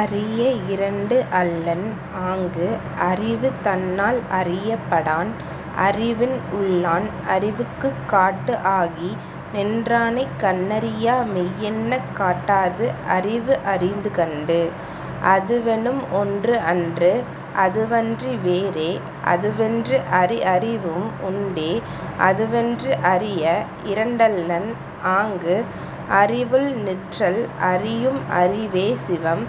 அறிய இரண்டு அல்லன், ஆங்கு அறிவு தன்னால் அறியப் படான், அறிவின் உள்ளான் -- அறிவுக்குக் காட்டு ஆகி நின்றானைக் கண்ணறியா மெய்யென்னக் காட்டாது அறிவு அறிந்து கண்டு. அதுவெனும் ஒன்றுஅன்று அதுவன்றி வேறே அதுவென்று அறி அறிவும் உண்டே--- அதுவென்று அறிய இரண்டல்லன் ஆங்கு அறிவுள் நிற்றல் அறியும் அறிவே சிவம்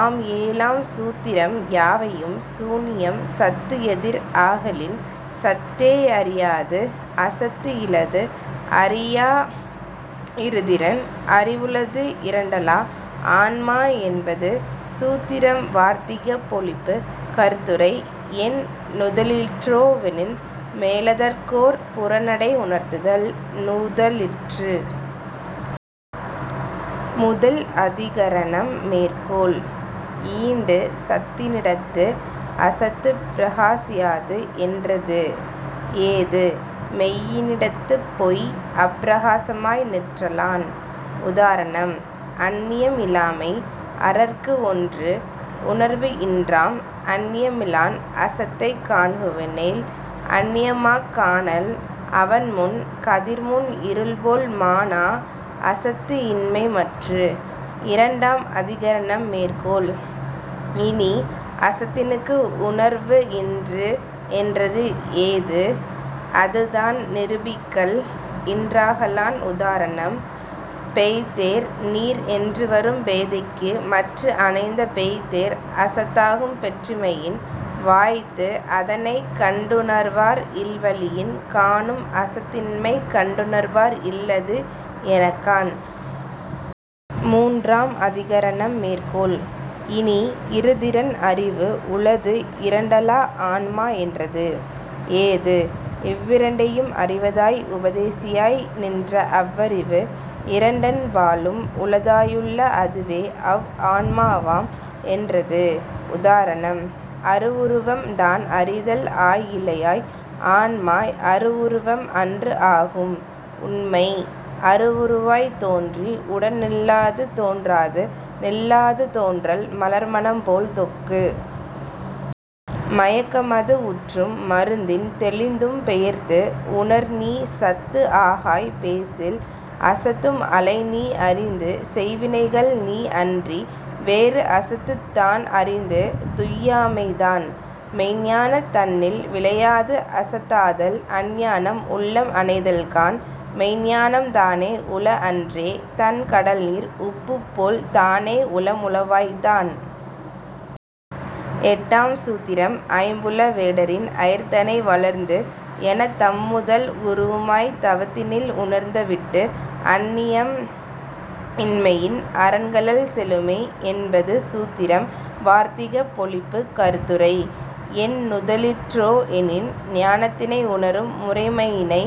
ஆம் ஏழாம் சூத்திரம் யாவையும் சூனியம் சத்துஎதிர் ஆகலின் சத்தே யறியாது அசத்துஇலது அறியா இருதிறன் அறிவுளது இரண்டலா ஆன்மா என்பது சூத்திரம் வார்த்திகப் பொழிப்பு: கருத்துரை: என் நுதலிற்றோ வெனின், மேலதற்கோர் புறனடை உணர்த்துதல் நுதலிற்று. முதல் அதிகரணம் மேற்கோள்: ஈண்டு, சத்தினிடத்து அசத்துப் பிரகாசியாது என்றது. ஏது: மெய்யினிடத்துப் பொய் அப்பிரகாசமாய் நிற்றலான். உதாரணம்: அன்னியம் இலாமை அரற்கு ஒன்று உணர்வு இன்றாம் அன்னியமிலான் அசத்தைக் காண்குவனேல்---- அன்னியமாக் காணான் அவன்முன், கதிர்முன் இருள்போல் மாணா அசத்து இன்மை மற்று.. இரண்டாம் அதிகரணம் மேற்கோள்: இனி, அசத்தினுக்கு உணர்வு இன்று என்றது ஏது: அதுதான் நிரூபிக்கல் இன்றாகலான் உதாரணம்: பேய்த்தேர் நீர் என்றுவரும் பேதைக்கு மற்று அணைந்த பேய்த்தேர் அசத்தாகும் பெற்றிமையின் --- வாய்த்து அதனைக் கண்டுணர்வார் இல்வழியின் காணும் அசத்தின்மை கண்டுணர்வார் இல்லது எனக் காண்.. மூன்றாம் அதிகரணம் மேற்கோள்: இனி, இருதிறன் அறிவு உளது இரண்டலா ஆன்மா என்றது. ஏது: இவ்விரண்டயும் அறிவதாய் உபதேசியாய் நின்ற அவ்வறிவு இரண்டன் பாலும் உளதாயுள்ள அதுவேஅவ் ஆன்மாவாம் என்றது உதாரணம்: அரு உருவம் தான் அறிதல் ஆய் இழையாய் ஆன்மா அரு உருவம் அன்று ஆகும் உண்மை-- அரு உருவாய்த் தோன்றி உடன் நில்லாது தோன்றாது நில்லாது தோன்றல் மலர்மணம்போல் தொக்கு. மயக்கமது உற்றும் மருந்தின் தெளிந்தும் பெயர்த்து உணர் நீ சத்து ஆகாய் பேசில்-- அசத்தும் அலை நீ அறிந்து செய்வினைகள் நீ அன்றி வேறு அசத்துத் தான் அறிந்து துய்யாமை தான். மெய்ஞானந் தன்னில் விளையாது அசத்தாதல் அஞ்ஞானம் உள்ளம் அணைதல்காண்--- மெய்ஞ்ஞானம் தானே உள அன்றே தண் கடல்நீர் உப்புப்போல் தானே உளம் உளவாய்த் தான். எட்டாம் சூத்திரம் ஐம்புல வேடரின் அயர்த்தனை வளர்ந்து எனத் தம்முதல் குருவுமாய்த் தவத்தினில் உணர்ந்தவிட்டு அன்னியம் இன்மையின் அரன்கழல் செலுமே என்பது சூத்திரம் வார்த்திகப் பொழிப்பு கருத்துரை: என் நுதலிற்றோ எனின், ஞானத்தினை உணரும் முறைமையினை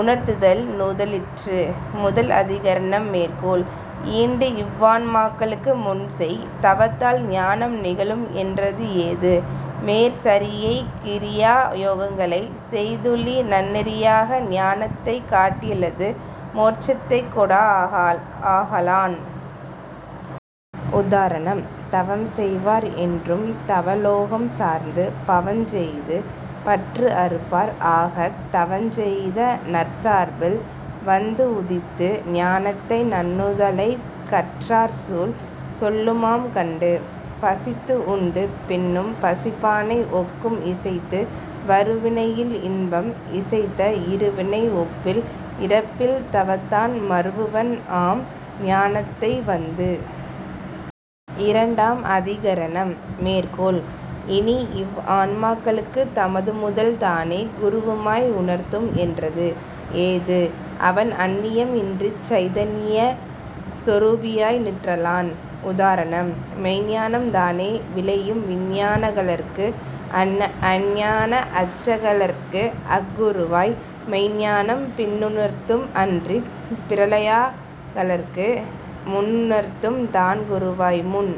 உணர்த்துதல் நுதலிற்று: முதல் அதிகரணம் மேற்கோள்: ஈண்டு இவ்வான்மாக்களுக்கு முன்செய் தவத்தால் ஞானம் நிகழும் என்றது ஏது: மேற் சரியை கிரியா யோகங்களை செய்துழி நன்னெறியாகிய ஞானத்தைக் காட்டியல்லது மோட்சத்தைக்கொடா ஆகலான். உதாரணம்: தவம்செய்வார் என்றும் தவலோகம் சார்ந்து பவஞ் செய்து பற்று அறுப்பார் ஆகத் -- தவஞ் செய்த நற்சார்பில் வந்து உதித்து ஞானத்தை நண்ணுதலைக் கற்றார்சூழ் சொல்லுமாம் கண்டு. பசித்து உண்டு பின்னும் பசிப்பானை ஒக்கும் இசைத்து வருவினையில் இன்பம் -- இசைத்த இருவினை ஒப்பில் இறப்பில் தவத்தான் மருவுவன் ஆம் ஞானத்தை வந்து.. இரண்டாம் அதிகரணம். மேற்கோள்: இனி, இவ் ஆன்மாக்களுக்கு தமதுமுதல் தானே குருவுமாய் உணர்த்தும் என்றது. ஏது: அவன் அன்னியம் இன்றிச் சைதன்னிய சொரூபியாய் நிற்றலான். உதாரணம்: மெய்ஞ்ஞானம் தானே விளையும் விஞ்ஞானகலர்க்கு அஞ்ஞான அச்சகலர்க்கு அக்குருவாய் -- மெய்ஞ்ஞானம் பின்னுணர்த்தும் அன்றிப் பிரளயா கலருக்கு முன்னர்த்தம் தான் குருவாய் முன்.